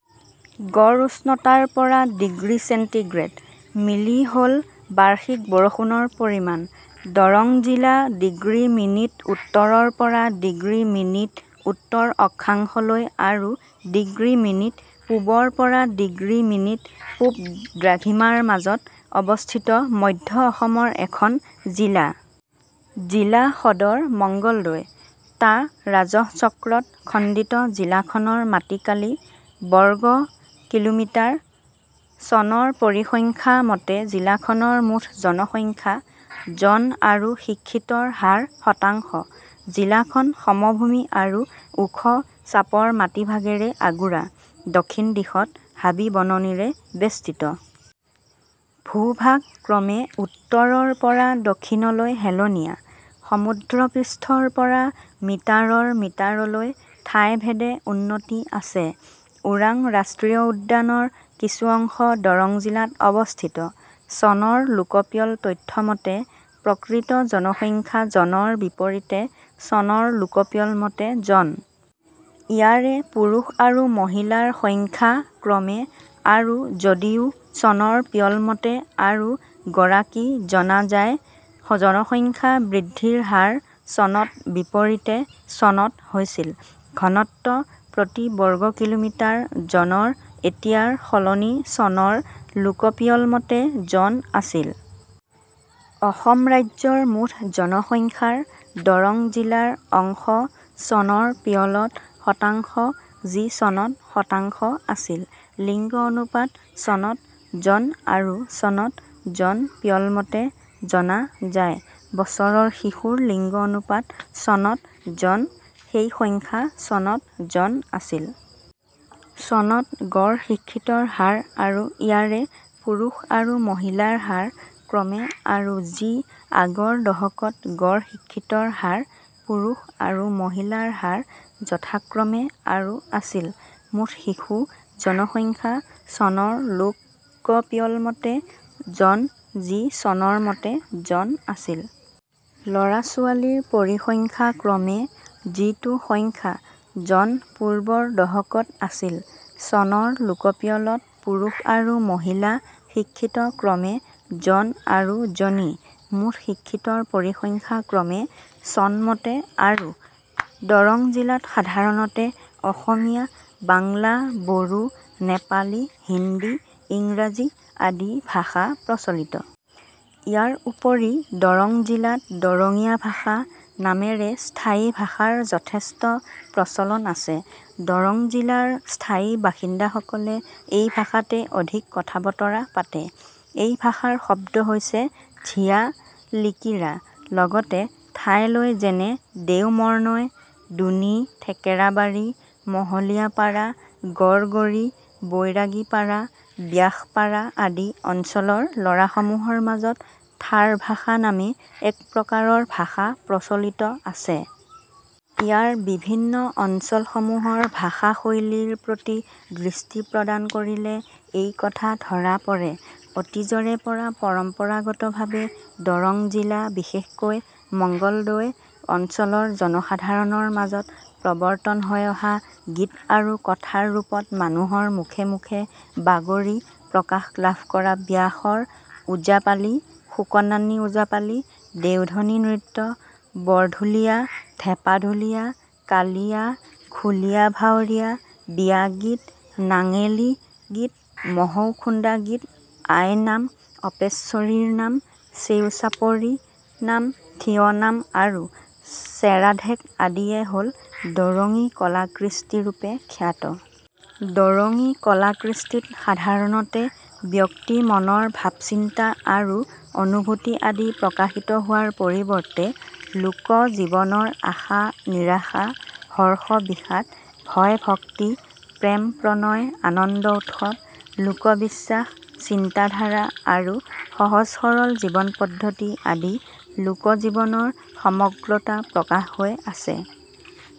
গড় উষ্ণতা ৰ পৰা ডিগ্ৰী চেণ্টিগ্ৰেড। মিলি হ'ল বাৰ্ষিক বৰষুণৰ পৰিমাণ। দৰং জিলা ডিগ্ৰী মিনিট উত্তৰৰ পৰা ডিগ্ৰী মিনিট উত্তৰ অক্ষাংশলৈ আৰু ডিগ্ৰী মিনিট পূৱৰ পৰা ডিগ্ৰী মিনিট পূৱ দ্ৰাঘিমাৰ মাজত অৱস্থিত মধ্য অসমৰ এখন জিলা। জিলা সদৰ মঙ্গলদৈ। টা ৰাজহ চক্ৰত খণ্ডিত জিলাখনৰ মাটিকালি. বৰ্গ কি. মি.। চনৰ পৰিসংখ্যা মতে জিলাখনৰ মুঠ জনসংখ্যা, জন আৰু শিক্ষিতৰ হাৰ শতাংশ। জিলাখন সমভূমি আৰু ওখ চাপৰ মাটিভাগেৰে আগুৰা। দক্ষিণ দিশত হাবি বননিৰে বেষ্টিত। ভূ ভাগ ক্ৰমে উত্তৰৰ পৰা দক্ষিণলৈ হেলনীয়া। সমুদ্ৰ পৃষ্টৰ পৰা মিটাৰৰ মিটাৰলৈ ঠাই ভেদে উন্নতি আছে। ওৰাং ৰাষ্ট্ৰীয় উদ্যান ৰ কিছু অংশ দৰং জিলাত অৱস্থিত। চনৰ লোক পিয়ল তথ্য মতে প্ৰকৃত জনসংখ্যা জনৰ বিপৰীতে চনৰ লোক পিয়ল মতে জন। ইয়াৰে পুৰুষ আৰু মহিলাৰ সংখ্যা ক্ৰমে আৰু যদিও চনৰ পিয়ল মতে আৰু গৰাকী জনা যায়। জনসংখ্যা বৃদ্ধিৰ হাৰ চনত বিপৰীতে চনত হৈছিল। ঘনত্ব প্ৰতি বৰ্গ কি. মি জনৰ এতিয়াৰ সলনি চনৰ লোক পিয়ল মতে জন আছিল। অসম ৰাজ্যৰ মুঠ জনসংখ্যাৰ দৰং জিলা ৰ অংশ চনৰ পিয়লত শতাংশ যি চনত শতাংশ আছিল। লিংগ অনুপাত চনত জন আৰু চনত জন পিয়ল মতে জনা যায়। - বছৰৰ শিশুৰ লিংগ অনুপাত চনত জন, সেই সংখ্যা চনত জন আছিল। চনত গড় শিক্ষিতৰ হাৰ আৰু ইয়াৰে পুৰুষ আৰু মহিলাৰ হাৰ ক্ৰমে আৰু যি আগৰ দহকত গড় শিক্ষিতৰ হাৰ, পুৰুষ আৰু মহিলাৰ হাৰ যথাক্ৰমে আৰু আছিল। মুঠ শিশু জনসংখ্যা চনৰ লোক পিয়ল মতে জন যি চনৰ মতে জন আছিল। লৰা- ছোৱালীৰ পৰিসংখ্যা ক্ৰমে, যিতো সংখ্যা, জন পূৰ্বৰ দহকত আছিল। চনৰ লোক পিয়লত পুৰুষ আৰু মহিলা শিক্ষিত ক্ৰমে জন আৰু জনী,। মুঠ শিক্ষিতৰ পৰিসংখ্যা ক্ৰমে / চন মতে আৰু। দৰং জিলাত সাধাৰণতে অসমীয়া, বাংলা, বড়ো, নেপালী, হিন্দী, ইংৰাজী আদি ভাষা প্ৰচলিত। ইয়াৰ উপৰি দৰং জিলাত দৰঙীয়া ভাষা নামেৰে স্থায়ী ভাষাৰ যথেষ্ট প্ৰচলন আছে। দৰং জিলাৰ স্থায়ী বাসিন্দাসকলে এই ভাষাতে অধিক কথা বতৰা পাতে। এই ভাষাৰ শব্দ হৈছে ঝিয়া-লিকিৰা। লগতে ঠাই লৈ যেনে দেওমৰনৈ, দুনী, ঠেকেৰাবাৰী, মহলীয়াপাৰা, গড়গড়ী, বৈৰাগী পাৰা, ব্যাসপাৰা আদি অঞ্চলৰ লৰাসমূহৰ মাজত ঠাৰভাষা নামে একপ্ৰকাৰৰ ভাষা প্ৰচলিত আছে। ইয়াৰ বিভিন্ন অঞ্চল সমূহৰ ভাষা শৈলীৰ প্ৰতি দৃষ্টি প্ৰদান কৰিলে এই কথা ধৰা পৰে। অতীজৰে পৰা পৰম্পৰাগত ভাবে দৰং জিলা বিশেষকৈ মঙ্গলদৈ অঞ্চলৰ জনসাধাৰণৰ মাজত প্ৰৱৰ্তন হৈ অহা গীত আৰু কথাৰ ৰূপত মানুহৰ মুখে মুখে বাগৰি প্ৰকাশ লাভ কৰা ব্যাসৰ ওজাপালি, সুকন্নানী ওজাপালি, দেওধনী নৃত্য, বৰঢুলীয়া, ঢেপাঢুলীয়া, কালীয়া, খুলীয়া ভাউৰীয়া, বিয়া গীত, নাঙেলী গীত, মহৌখুন্দা গীত, আইনাম, অপেশ্বৰীৰ নাম, চেওঁচাপৰি নাম, থিয়নাম, আৰু চেৰাঢেক আদিয়ে হ'ল দৰঙী কলা-কৃষ্টি ৰুপে খ্যাত। দৰঙী কলা-কৃষ্টিত সাধাৰণতে ব্যক্তি মনৰ ভাব চিন্তা আৰু অনুভূতি আদি প্ৰকাশিত হোৱাৰ পৰিৱৰ্তে লোক জীৱনৰ আশা নিৰাশা, হৰ্ষ বিষাদ, ভয় ভক্তি, প্ৰেম প্ৰণয় আনন্দ উৎসৱ, লোক বিশ্বাস, চিন্তাধাৰা আৰু সহজ সৰল জীৱন পদ্ধতি আদি লোক জীৱনৰ সমগ্ৰতা প্ৰকাশ হৈ আছে।